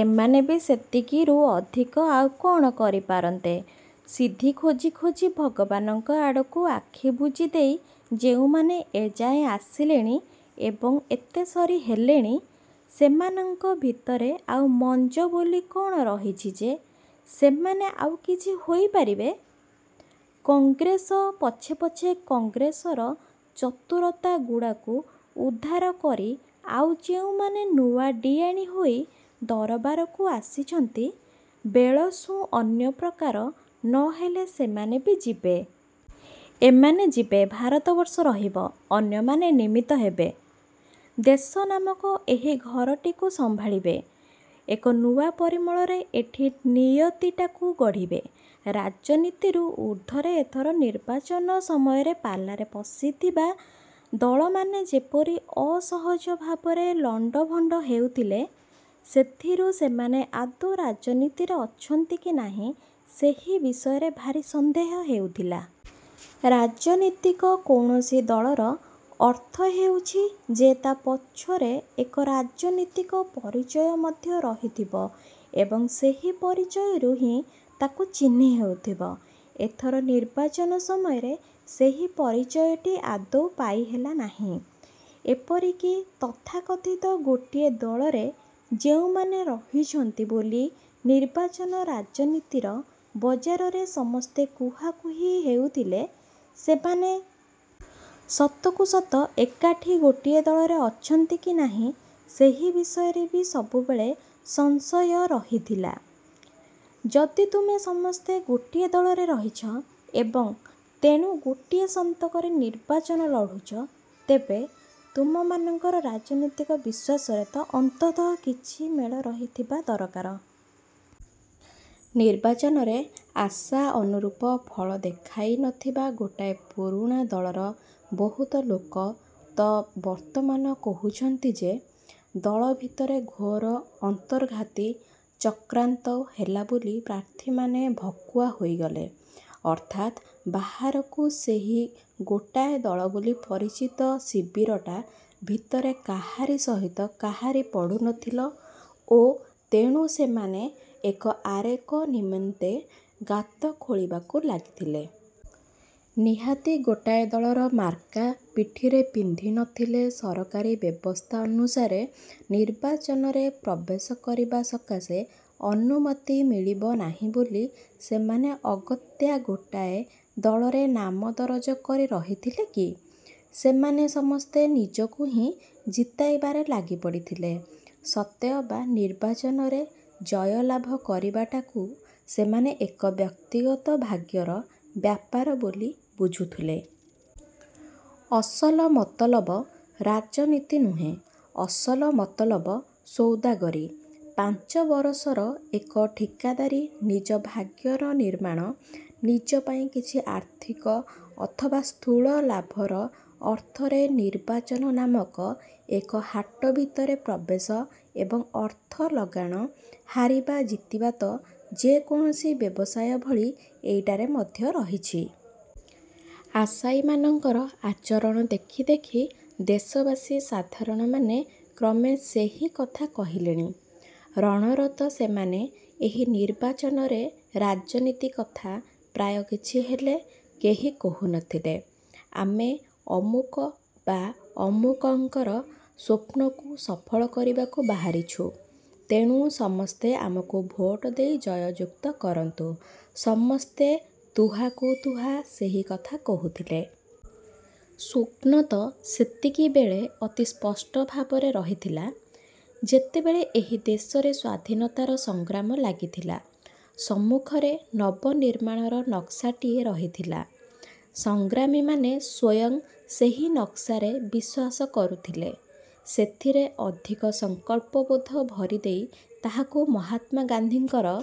ଏମାନେ ବି ସେତିକିରୁ ଅଧିକ ଆଉ କଣ କରିପାରନ୍ତେ। ସିଦ୍ଧି ଖୋଜି ଖୋଜି ଭଗବାନଙ୍କ ଆଡ଼କୁ ଆଖି ବୁଜିଦେଇ ଯେଉଁମାନେ ଏଯାଏ ଆସିଲେଣି ଏବଂ ଏତେସରି ହେଲେଣି, ସେମାନଙ୍କ ଭିତରେ ଆଉ ମଞ୍ଜ ବୋଲି କଣ ରହିଛି ଯେ, ସେମାନେ ଆଉକିଛି ହୋଇପାରିବେ? କଂଗ୍ରେସ ପଛେ ପଛେ କଂଗ୍ରେସର ଚତୁରତା ଗୁଡ଼ାକୁ ଉଧାର କରି ଆଉ ଯେଉଁମାନେ ନୂଆ ଡ଼ିଆଣୀ ହୋଇ ଦରବାରକୁ ଆସିଛନ୍ତି, ବେଳସୁଁ ଅନ୍ୟ ପ୍ରକାର ନହେଲେ ସେମାନେ ବି ଯିବେ। ଏମାନେ ଯିବେ, ଭାରତବର୍ଷ ରହିବ, ଅନ୍ୟମାନେ ନିମିତ୍ତ ହେବେ। ଦେଶ ନାମକ ଏହି ଘରଟିକୁ ସମ୍ଭାଳିବେ, ଏକ ନୂଆ ପରିମଳରେ ଏଠି ନିୟତିଟାକୁ ଗଢ଼ିବେ। ରାଜନୀତିରୁ ଉର୍ଦ୍ଧ୍ୱରେ ଏଥର ନିର୍ବାଚନ ସମୟରେ ପାଲାରେ ପଶିଥିବା ଦଳମାନେ ଯେପରି ଅସହଜ ଭାବରେ ଲଣ୍ଡଭଣ୍ଡ ହେଉଥିଲେ, ସେଥିରୁ ସେମାନେ ଆଦୌ ରାଜନୀତିରେ ଅଛନ୍ତି କି ନାହିଁ ସେହି ବିଷୟରେ ଭାରି ସନ୍ଦେହ ହେଉଥିଲା। ରାଜନୀତିକ କୌଣସି ଦଳର ଅର୍ଥ ହେଉଛି ଯେ ତା ପଛରେ ଏକ ରାଜନୀତିକ ପରିଚୟ ମଧ୍ୟ ରହିଥିବ ଏବଂ ସେହି ପରିଚୟରୁ ହିଁ ତାକୁ ଚିହ୍ନି ହେଉଥିବ। ଏଥର ନିର୍ବାଚନ ସମୟରେ ସେହି ପରିଚୟଟି ଆଦୌ ପାଇହେଲା ନାହିଁ। ଏପରିକି ତଥାକଥିତ ଗୋଟିଏ ଦଳରେ ଯେଉଁମାନେ ରହିଛନ୍ତି ବୋଲି ନିର୍ବାଚନ ରାଜନୀତିର ବଜାରରେ ସମସ୍ତେ କୁହାକୁହି ହେଉଥିଲେ,.ସେମାନେ ସତକୁ ସତ ଏକାଠି ଗୋଟିଏ ଦଳରେ ଅଛନ୍ତି କି ନାହିଁ, ସେହି ବିଷୟରେ ବି ସବୁବେଳେ ସଂଶୟ ରହିଥିଲା। ଯଦି ତୁମେ ସମସ୍ତେ ଗୋଟିଏ ଦଳରେ ରହିଛ ଏବଂ ତେଣୁ ଗୋଟିଏ ସନ୍ତକରେ ନିର୍ବାଚନ ଲଢୁଛ, ତେବେ ତୁମମାନଙ୍କର ରାଜନୀତିକ ବିଶ୍ୱାସରେ ତ ଅନ୍ତତଃ କିଛି ମେଳ ରହିଥିବା ଦରକାର। ନିର୍ବାଚନରେ ଆଶା ଅନୁରୂପ ଫଳ ଦେଖାଇନଥିବା ଗୋଟାଏ ପୁରୁଣା ଦଳର ବହୁତ ଲୋକ ତ ବର୍ତ୍ତମାନ କହୁଛନ୍ତି ଯେ, ଦଳ ଭିତରେ ଘୋର ଅନ୍ତର୍ଘାତୀ ଚକ୍ରାନ୍ତ ହେଲା ବୋଲି ପ୍ରାର୍ଥୀମାନେ ଭକୁଆ ହୋଇଗଲେ, ଅର୍ଥାତ୍ ବାହାରକୁ ସେହି ଗୋଟାଏ ଦଳ ବୋଲି ପରିଚିତ ଶିବିରଟା ଭିତରେ କାହାରି ସହିତ କାହାରି ପଡୁନଥିଲ ଓ ତେଣୁ ସେମାନେ ଏକ ଆରେକ ନିମେନ୍ତେ ଗାତ ଖୋଳିବାକୁ ଲାଗିଥିଲେ। ନିହାତି ଗୋଟାଏ ଦଳର ମାର୍କା ପିଠିରେ ପିନ୍ଧିନଥିଲେ ସରକାରୀ ବ୍ୟବସ୍ଥା ଅନୁସାରେ ନିର୍ବାଚନରେ ପ୍ରବେଶ କରିବା ସକାଶେ ଅନୁମତି ମିଳିବ ନାହିଁ ବୋଲି ସେମାନେ ଅଗତ୍ୟା ଗୋଟାଏ ଦଳରେ ନାମ ଦରଜ କରି ରହିଥିଲେ କି? ସେମାନେ ସମସ୍ତେ ନିଜକୁ ହିଁ ଜିତାଇବାରେ ଲାଗିପଡ଼ିଥିଲେ। ସତେଅବା ନିର୍ବାଚନରେ ଜୟଲାଭ କରିବାଟାକୁ ସେମାନେ ଏକ ବ୍ୟକ୍ତିଗତ ଭାଗ୍ୟର ବ୍ୟାପାର ବୋଲି ବୁଝୁଥିଲେ। ଅସଲ ମତଲବ ରାଜନୀତି ନୁହେଁ, ଅସଲ ମତଲବ ସୌଦାଗରୀ। ପାଞ୍ଚ ବରଷର ଏକ ଠିକାଦାରୀ ନିଜ ଭାଗ୍ୟର ନିର୍ମାଣ, ନିଜ ପାଇଁ କିଛି ଆର୍ଥିକ ଅଥବା ସ୍ଥୂଳ ଲାଭର ଅର୍ଥରେ ନିର୍ବାଚନ ନାମକ ଏକ ହାଟ ଭିତରେ ପ୍ରବେଶ ଏବଂ ଅର୍ଥ ଲଗାଣ, ହାରିବା ଜିତିବା ତ ଯେକୌଣସି ବ୍ୟବସାୟ ଭଳି ଏଇଟାରେ ମଧ୍ୟ ରହିଛି। ଆଶାୟୀ ମାନଙ୍କର ଆଚରଣ ଦେଖି ଦେଖି ଦେଶବାସୀ ସାଧାରଣମାନେ କ୍ରମେ ସେହି କଥା କହିଲେଣି। ରଣରତ ସେମାନେ ଏହି ନିର୍ବାଚନରେ ରାଜନୀତି କଥା ପ୍ରାୟ କିଛି ହେଲେ କେହି କହୁନଥିଲେ। ଆମେ ଅମୁକ ବା ଅମୁକଙ୍କର ସ୍ୱପ୍ନକୁ ସଫଳ କରିବାକୁ ବାହାରିଛୁ, ତେଣୁ ସମସ୍ତେ ଆମକୁ ଭୋଟ ଦେଇ ଜୟଯୁକ୍ତ କରନ୍ତୁ, ସମସ୍ତେ ତୁହାକୁ ତୁହା ସେହି କଥା କହୁଥିଲେ। ସ୍ଵପ୍ନ ତ ସେତିକିବେଳେ ଅତି ସ୍ପଷ୍ଟ ଭାବରେ ରହିଥିଲା, ଯେତେବେଳେ ଏହି ଦେଶରେ ସ୍ୱାଧୀନତାର ସଂଗ୍ରାମ ଲାଗିଥିଲା। ସମ୍ମୁଖରେ ନବ ନିର୍ମାଣର ନକ୍ସାଟିଏ ରହିଥିଲା। ସଂଗ୍ରାମୀମାନେ ସ୍ୱୟଂ ସେହି ନକ୍ସାରେ ବିଶ୍ୱାସ କରୁଥିଲେ। ସେଥିରେ ଅଧିକ ସଂକଳ୍ପବୋଧ ଭରିଦେଇ ତାହାକୁ ମହାତ୍ମା ଗାନ୍ଧୀଙ୍କର